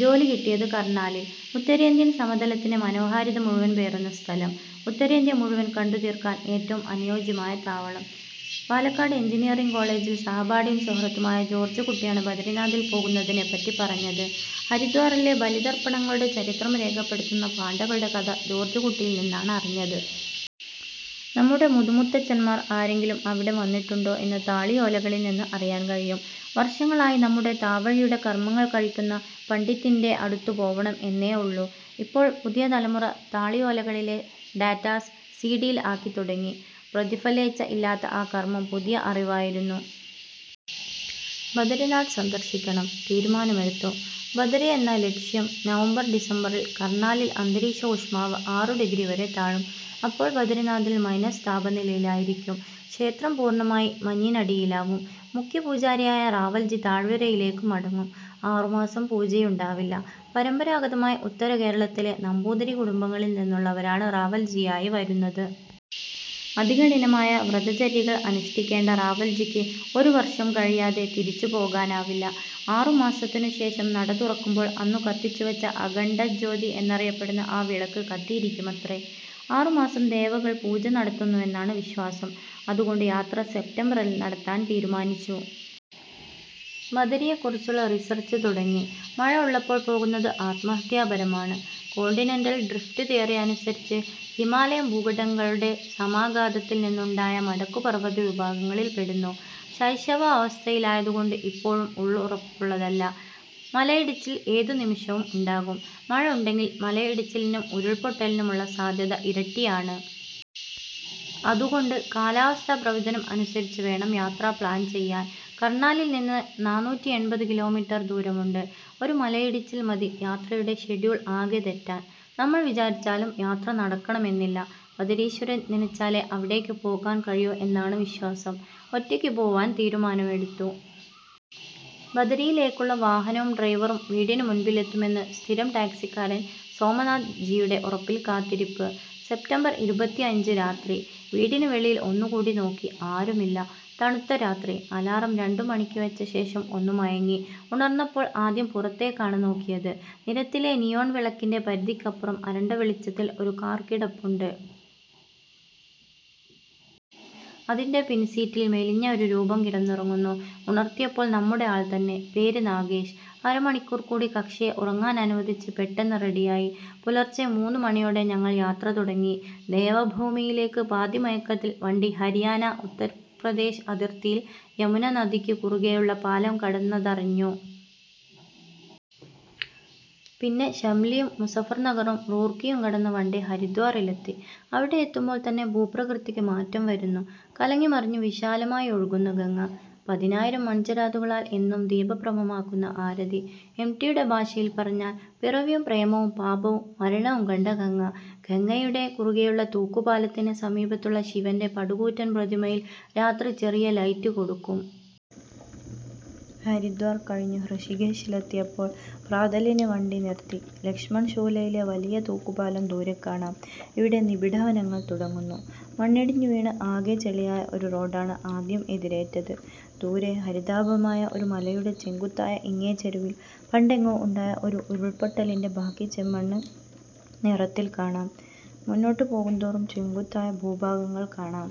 ജോലി കിട്ടിയത് കർണാലിൽ. ഉത്തരേന്ത്യൻ സമതലത്തിൻ്റെ മനോഹാരിത മുഴുവൻ പേറുന്ന സ്ഥലം. ഉത്തരേന്ത്യ മുഴുവൻ കണ്ടു തീർക്കാൻ ഏറ്റവും അനുയോജ്യമായ താവളം. പാലക്കാട് എൻജിനീയറിങ് കോളജിൽ സഹപാഠിയും സുഹൃത്തുമായ ജോർജ് കുട്ടിയാണ് ബദരിനാഥിൽ പോകുന്നതിനെപ്പറ്റി പറഞ്ഞത്. ഹരിദ്വാറിലെ ബലി തർപ്പണങ്ങളുടെ ചരിത്രം രേഖപ്പെടുത്തുന്ന പാണ്ഡകളുടെ കഥ ജോർജ് കുട്ടിയിൽ നിന്നാണ് അറിഞ്ഞത്. നമ്മുടെ മുതുമുത്തച്ഛന്മാർ ആരെങ്കിലും അവിടെ വന്നിട്ടുണ്ടോ എന്ന് താളിയോലകളിൽ നിന്ന് അറിയാൻ കഴിയും. വർഷങ്ങളായി നമ്മുടെ താവഴിയുടെ കർമങ്ങൾ കഴിക്കുന്ന പണ്ഡിറ്റിൻ്റെ അടുത്തു പോവണം എന്നേ ഉള്ളൂ. ഇപ്പോൾ പുതിയ തലമുറ താളിയോലകളിലെ ഡാറ്റാസ് സിഡിയിൽ ആക്കിത്തുടങ്ങി. പ്രതിഫലേച്ഛ ഇല്ലാത്ത ആ കർമം പുതിയ അറിവായിരുന്നു. ബദരിനാഥ് സന്ദർശിക്കണം, തീരുമാനമെടുത്തു. ബദരി എന്ന ലക്ഷ്യം നവംബർ ഡിസംബറിൽ കർനാലിൽ അന്തരീക്ഷ ഊഷ്മാവ് ആറു ഡിഗ്രി വരെ താഴും. അപ്പോൾ ബദരിനാഥിൽ മൈനസ് താപനിലയായിരിക്കും. ക്ഷേത്രം പൂർണമായി മഞ്ഞിനടിയിലാവും. മുഖ്യ പൂജാരിയായ റാവൽജി താഴ്വരയിലേക്കു മടങ്ങും. ആറുമാസം പൂജയുണ്ടാവില്ല. പരമ്പരാഗതമായി ഉത്തരകേരളത്തിലെ നമ്പൂതിരി കുടുംബങ്ങളിൽ നിന്നുള്ളവരാണ് റാവൽജിയായി വരുന്നത്. അതികഠിനമായ വ്രതചര്യകൾ അനുഷ്ഠിക്കേണ്ട റാവൽജിക്കു ഒരു വർഷം കഴിയാതെ തിരിച്ചു പോകാനാവില്ല. ആറു മാസത്തിനു ശേഷം നട തുറക്കുമ്പോൾ അന്നു കത്തിച്ചു വച്ച "അഖണ്ഡ ജ്യോതി" എന്നറിയപ്പെടുന്ന ആ വിളക്ക് കത്തിയിരിക്കുമത്രേ. ആറു മാസം ദേവകൾ പൂജ നടത്തുന്നുവെന്നാണ് വിശ്വാസം. അതുകൊണ്ട് യാത്ര സെപ്റ്റംബറിൽ നടത്താൻ തീരുമാനിച്ചു. ബദരിയെക്കുറിച്ചുള്ള റിസർച് തുടങ്ങി. മഴ ഉള്ളപ്പോൾ പോകുന്നത് ആത്മഹത്യാപരമാണ്. കോണ്ടിനെൻ്റൽ ഡ്രിഫ്റ്റ് തിയറി അനുസരിച്ച് ഹിമാലയം ഭൂഖണ്ഡങ്ങളുടെ സമാഘാതത്തിൽ നിന്ന് ഉണ്ടായ മടക്കു പർവത വിഭാഗത്തിൽ പെടുന്നു. ശൈശവ അവസ്ഥയിലായതു കൊണ്ട് ഇപ്പോഴും ഉറപ്പുള്ളതല്ല. മലയിടിച്ചിൽ ഏതു നിമിഷവും ഉണ്ടാകും. മഴ ഉണ്ടെങ്കിൽ മലയിടിച്ചിലിനും ഉരുൾപൊട്ടലിനും ഉള്ള സാധ്യത ഇരട്ടിയാണ്. അതുകൊണ്ട് കാലാവസ്ഥാ പ്രവചനം അനുസരിച്ച് വേണം യാത്ര പ്ലാൻ ചെയ്യാൻ.. കർണാലിൽ നിന്ന് നാന്നൂറ്റിഎൺപത് കിലോമീറ്റർ ദൂരമുണ്ട്. ഒരു മലയിടിച്ചിൽ മതി യാത്രയുടെ ഷെഡ്യൂൾ ആകെ തെറ്റാൻ. നമ്മൾ വിചാരിച്ചാലും യാത്ര നടക്കണമെന്നില്ല. ബദരീശ്വരൻ നിനച്ചാലെ അവിടേക്കു പോകാൻ കഴിയൂ എന്നാണു വിശ്വാസം. ഒറ്റക്കു പോവാൻ തീരുമാനമെടുത്തു. ബദരിയിലേക്കുള്ള വാഹനവും ഡ്രൈവറും വീടിനുമുമ്പിലെത്തുമെന്ന് സ്ഥിരം ടാക്സിക്കാരൻ സോമനാഥ് ജിയുടെ ഉറപ്പിൽ കാത്തിരിപ്പ്. സെപ്റ്റംബർ ഇരുപത്തിഅഞ്ച്, രാത്രി. വീടിനു വെളിയിൽ ഒന്നു കൂടി നോക്കി. ആരുമില്ല. തണുത്ത രാത്രി. അലാറം രണ്ടു മണിക്കു വച്ച ശേഷം ഒന്നു മയങ്ങി. ഉണർന്നപ്പോൾ ആദ്യം പുറത്തേക്കാണ് നോക്കിയത്. നിരത്തിലെ നിയോൺ വിളക്കിൻ്റെ പരിധിക്കപ്പുറം അരണ്ട വെളിച്ചത്തിൽ ഒരു കാർ കിടപ്പുണ്ട്. അതിൻ്റെ പിൻസീറ്റിൽ മെലിഞ്ഞ ഒരു രൂപം കിടന്നുറങ്ങുന്നു. ഉണർത്തിയപ്പോൾ നമ്മുടെ ആൾ തന്നെ. പേര് നാഗേഷ്. അര മണിക്കൂർ കൂടി കക്ഷിയെ ഉറങ്ങാനനുവദിച്ച് പെട്ടെന്ന് റെഡിയായി. പുലർച്ചെ മൂന്നു മണിയോടെ ഞങ്ങൾ യാത്ര തുടങ്ങി. ദേവഭൂമിയിലേക്ക് പാതിമയക്കത്തിൽ വണ്ടി ഹരിയാന ഉത്തരപ്രദേശ് അതിർത്തിയിൽ യമുനനദിക്കു കുറുകെയുള്ള പാലം കടന്നതറിഞ്ഞു. പിന്നെ ഷംലിയും മുസഫർനഗറും റൂർക്കിയും കടന്ന് വണ്ടി ഹരിദ്വാറിലെത്തി. അവിടെയെത്തുമ്പോൾ തന്നെ ഭൂപ്രകൃതിക്കു മാറ്റം വരുന്നു. കലങ്ങി മറിഞ്ഞു വിശാലമായി ഒഴുകുന്ന ഗംഗ. പതിനായിരം മൺചെരാതുകളാൽ എന്നും ദീപപ്രഭമാക്കുന്ന ആരതി. എം. ടിയുടെ ഭാഷയിൽ പറഞ്ഞാൽ "പിറവിയും പ്രേമവും പാപവും മരണവും കണ്ട ഗംഗ". ഗംഗയുടെ കുറുകെയുള്ള തൂക്കു പാലത്തിനു സമീപമുള്ള ശിവൻ്റെ പടുകൂറ്റൻ പ്രതിമയിൽ രാത്രി ചെറിയ ലൈറ്റ് കൊടുക്കും. ഹരിദ്വാർ കഴിഞ്ഞു ഋഷികേശിലെത്തിയപ്പോൾ പ്രാതലിന് വണ്ടി നിർത്തി. ലക്ഷ്മൺ ഝൂലയിലെ വലിയ തൂക്കുപാലം ദൂരെ കാണാം. ഇവിടെ നിബിഢവനങ്ങൾ തുടങ്ങുന്നു. മണ്ണിടിഞ്ഞു വീണ് ആകെ ചെളിയായ ഒരു റോഡാണ് ആദ്യം എതിരേറ്റത്. ദൂരെ ഹരിതാഭമായ ഒരു മലയുടെ ചെങ്കുത്തായ ഇങ്ങേച്ചെരുവിൽ പണ്ടെങ്ങോ ഉണ്ടായ ഒരു ഉരുൾ പൊട്ടലിൻ്റെ ബാക്കി ചെമ്മണ്ണ് നിറത്തിൽ കാണാം. മുന്നോട്ടു പോകുന്തോറും ചെങ്കുത്തായ ഭൂഭാഗങ്ങൾ കാണാം.